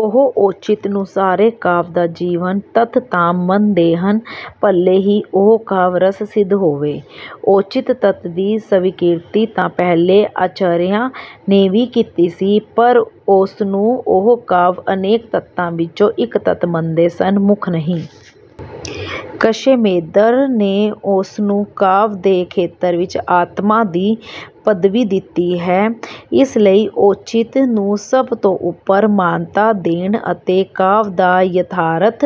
ਉਹ ਔਚਿੱਤ ਨੂੰ ਸਾਰੇ ਕਾਵਿ ਦਾ ਜੀਵਨ ਤੱਤ ਤਾਂ ਮੰਨਦੇਹਨ ਭਲੇ ਹੀ ਉਹ ਕਾਵਿ ਰਸ ਸਿੱਧ ਹੋਵੇ। ਔਚਿੱਤ ਤੱਤ ਦੀ ਸਵੀਕਿਰਤੀ ਤਾਂ ਪਹਿਲੇ ਆਚਾਰੀਆਂ ਨੇ ਵੀ ਕੀਤੀ ਸੀ, ਪਰ ਉਸਨੂੰ ਉਹ ਕਾਵਿ ਅਨੇਕ ਤੱਤਾਂ ਵਿੱਚੋਂ ਇੱਕ ਤੱਤ ਮੰਨਦੇ ਸਨ, ਮੁੱਖ ਨਹੀਂ। ਕਸ਼ੇਮੇਂਦਰ ਨੇ ਉਸਨੂੰ ਕਾਵਿ ਦੇ ਖੇਤਰ ਵਿੱਚ ਆਤਮਾ ਦੀ ਪੱਦਵੀ ਦਿੱਤੀ ਹੈ, ਇਸ ਲਈ ਔਚਿੱਤ ਨੂੰ ਸਭ ਤੋਂ ਉੱਪਰ ਮਾਨਤਾ ਦੇਣ ਅਤੇ ਕਾਵਿ ਦਾ ਯਥਾਰਥ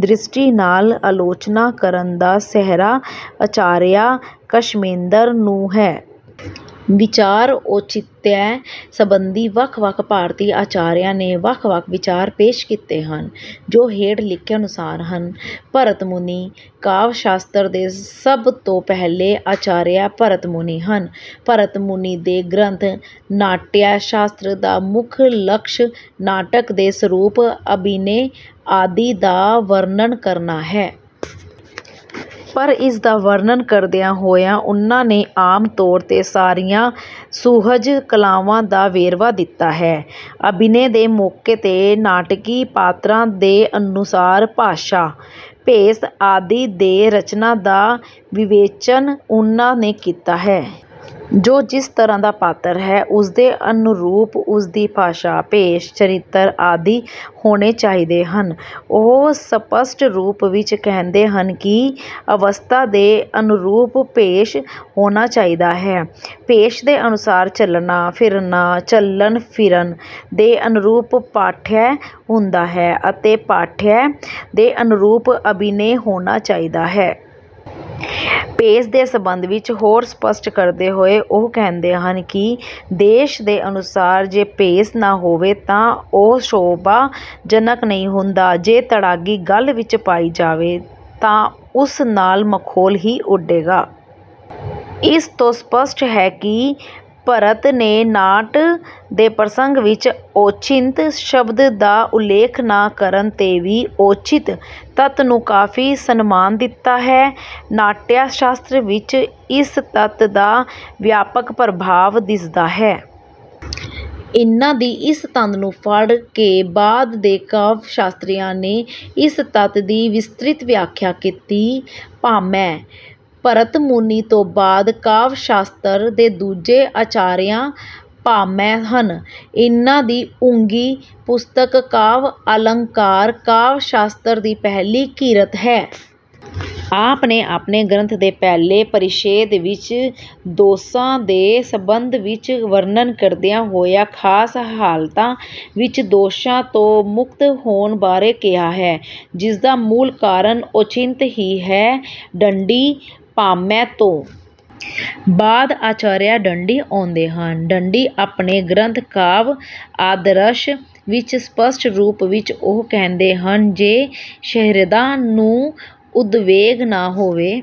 ਦ੍ਰਿਸ਼ਟੀ ਨਾਲ ਆਲੋਚਨਾ ਕਰਨ ਦਾ ਸਿਹਰਾ ਆਚਾਰੀਆ ਕਸ਼ੇਮੇਂਦਰ ਨੂੰ ਹੈ। ਵਿਚਾਰ ਔਚਿਤਯ ਸੰਬੰਧੀ ਵੱਖ-ਵੱਖ ਭਾਰਤੀ ਆਚਾਰੀਆ ਨੇ ਵੱਖ-ਵੱਖ ਵਿਚਾਰ ਪੇਸ਼ ਕੀਤੇ ਹਨ, ਜੋ ਹੇਠ ਲਿਖੇ ਅਨੁਸਾਰ ਹਨ:- ਭਰਤ ਮੁਨੀ:- ਕਾਵਿ ਸ਼ਾਸਤਰ ਦੇ ਸਭ ਤੋਂ ਪਹਿਲੇ ਆਚਾਰੀਆ ਭਰਤਮੁਨੀ ਹਨ। ਭਰਤ ਮੁਨੀ ਦੇ ਗ੍ਰੰਥ "ਨਾਟਯ ਸ਼ਾਸਤਰ" ਦਾ ਮੁੱਖ ਲਕਸ਼ ਨਾਟਕ ਦੇ ਸਰੂਪ ਅਭਿਨੈ ਆਦਿ ਦਾ ਵਰਣਨ ਕਰਨਾ ਹੈ। ਪਰ ਇਸਦਾ ਵਰਣਨ ਕਰਦਿਆਂ ਹੋਇਆਂ ਉਨ੍ਹਾਂ ਨੇ ਆਮ ਤੌਰ ਤੇ ਸਾਰੀਆਂ ਸੁਹਜ ਕਲਾਵਾਂ ਦਾ ਵੇਰਵਾ ਦਿੱਤਾ ਹੈ। ਅਭਿਨੈ ਦੇ ਮੌਕੇ ਤੇ ਨਾਟਕੀ ਪਾਤਰਾਂ ਦੇ ਅਨੁਸਾਰ ਭਾਸ਼ਾ, ਭੇਸ ਆਦਿ ਦੇ ਰਚਨਾ ਦਾ ਵਿਵੇਚਨ ਉਹਨਾਂ ਨੇ ਕੀਤਾ ਹੈ। ਜੋ ਜਿਸ ਤਰ੍ਹਾਂ ਦਾ ਪਾਤਰ ਹੈ। ਉਸਦੇ ਅਨੁਰੂਪ, ਉਸਦੀ ਭਾਸ਼ਾ, ਭੇਸ, ਚਰਿੱਤਰ ਆਦਿ ਹੋਣੇ ਚਾਹੀਦੇ ਹਨ। ਉਹ ਸਪੱਸ਼ਟ ਰੂਪ ਵਿੱਚ ਕਹਿੰਦੇ ਹਨ ਕਿ "ਅਵਸਥਾ ਦੇ ਅਨੁਰੂਪ ਭੇਸ਼ ਹੋਣਾ ਚਾਹੀਦਾ ਹੈ"। ਭੇਸ ਦੇ ਅਨੁਸਾਰ ਚੱਲਣਾ, ਫਿਰਨਾ, ਚੱਲਣ-ਫਿਰਨ ਦੇ ਅਨੁਰੂਪ ਪਾਠਯ ਹੁੰਦਾ ਹੈ ਅਤੇ ਪਾਠਯ ਦੇ ਅਨੁਰੂਪ ਅਭਿਨੈ ਹੋਣਾ ਚਾਹੀਦਾ ਹੈ। ਭੇਸ ਦੇ ਸਬੰਧ ਵਿੱਚ ਹੋਰ ਸਪੱਸ਼ਟ ਕਰਦੇ ਹੋਏ ਉਹ ਕਹਿੰਦੇ ਹਨ ਕਿ ਦੇਸ਼ ਦੇ ਅਨੁਸਾਰ ਜੇ ਭੇਸ ਨਾ ਹੋਵੇ ਤਾਂ ਉਹ ਸ਼ੋਭਾ ਜਨਕ ਨਹੀਂ ਹੁੰਦਾ। ਜੇ ਤੜਾਗੀ ਗਲ ਵਿੱਚ ਪਾਈ ਜਾਵੇ, ਤਾਂ ਉਸ ਨਾਲ ਮਖੌਲ ਹੀ ਉਡੇਗਾ। ਇਸ ਤੋਂ ਸਪੱਸ਼ਟ ਹੈ ਕਿ ਭਰਤ ਨੇ ਨਾਟ ਦੇ ਪ੍ਰਸੰਗ ਵਿੱਚ ਔਚਿਤ ਸ਼ਬਦ ਦਾ ਉਲੇਖ ਨਾ ਕਰਨ ਤੇ ਵੀ "ਔਚਿੱਤ" ਤੱਤ ਨੂੰ ਕਾਫ਼ੀ ਸਨਮਾਨ ਦਿੱਤਾ ਹੈ। ਨਾਟਯ ਸ਼ਾਸਤਰ ਵਿੱਚ ਇਸ ਤੱਤ ਦਾ ਵਿਆਪਕ ਪ੍ਰਭਾਵ ਦਿੱਸਦਾ ਹੈ। ਇਹਨਾਂ ਦੀ ਇਸ ਤੰਦ ਨੂੰ ਫੜ ਕੇ ਬਾਅਦ ਦੇ ਕਾਵਿ ਸ਼ਾਸਤਰੀਆਂ ਨੇ ਇਸ ਤੱਤ ਦੀ ਵਿਸਤਰਿਤ ਵਿਆਖਿਆ ਕੀਤੀ। ਭਾਮਹ:- ਭਰਤਮੁਨੀ ਤੋਂ ਬਾਅਦ ਕਾਵਿ-ਸ਼ਾਸਤਰ ਦੇ ਦੂਜੇ ਆਚਾਰੀਆਂ ਭਾਮਹ ਹਨ। ਇਹਨਾਂ ਦੀ ਉੰਘੀ ਪੁਸਤਕ "ਕਾਵਿ ਆਲੰਕਾਰ" ਕਾਵਿ ਸ਼ਾਸਤਰ ਦੀ ਪਹਿਲੀ ਕਿਰਤ ਹੈ। ਆਪ ਨੇ ਆਪਣੇ ਗ੍ਰੰਥ ਦੇ ਪਹਿਲੇ ਪਰਿਛੇਦ ਵਿੱਚ ਦੋਸਾਂ ਦੇ ਸਬੰਧਵਿੱਚ ਵਰਣਨ ਕਰਦਿਆਂ ਹੋਇਆ ਖ਼ਾਸ ਹਾਲਤਾਂ ਵਿੱਚ ਦੋਸ਼ਾਂ ਤੋਂ ਮੁਕਤ ਹੋਣ ਬਾਰੇ ਕਿਹਾ ਹੈ। ਜਿਸਦਾ ਮੂਲ ਕਾਰਨ ਔਚਿੰਤ ਹੀ ਹੈ। ਦੰਡੀ:- ਭਾਮਹ ਤੋਂ ਬਾਅਦ ਆਚਾਰੀਆ ਦੰਡੀ ਆਉਂਦੇ ਹਨ| ਦੰਡੀ ਆਪਣੇ ਗ੍ਰੰਥ 'ਕਾਵਿ ਆਦਰਸ਼' ਵਿੱਚ ਸਪੱਸ਼ਟ ਰੂਪ ਵਿੱਚ ਉਹ ਕਹਿੰਦੇ ਹਨ ਜੇ ਸ਼ਹਿਰਦਾਂ ਨੂੰ ਉਦਵੇਗ ਨਾ ਹੋਵੇ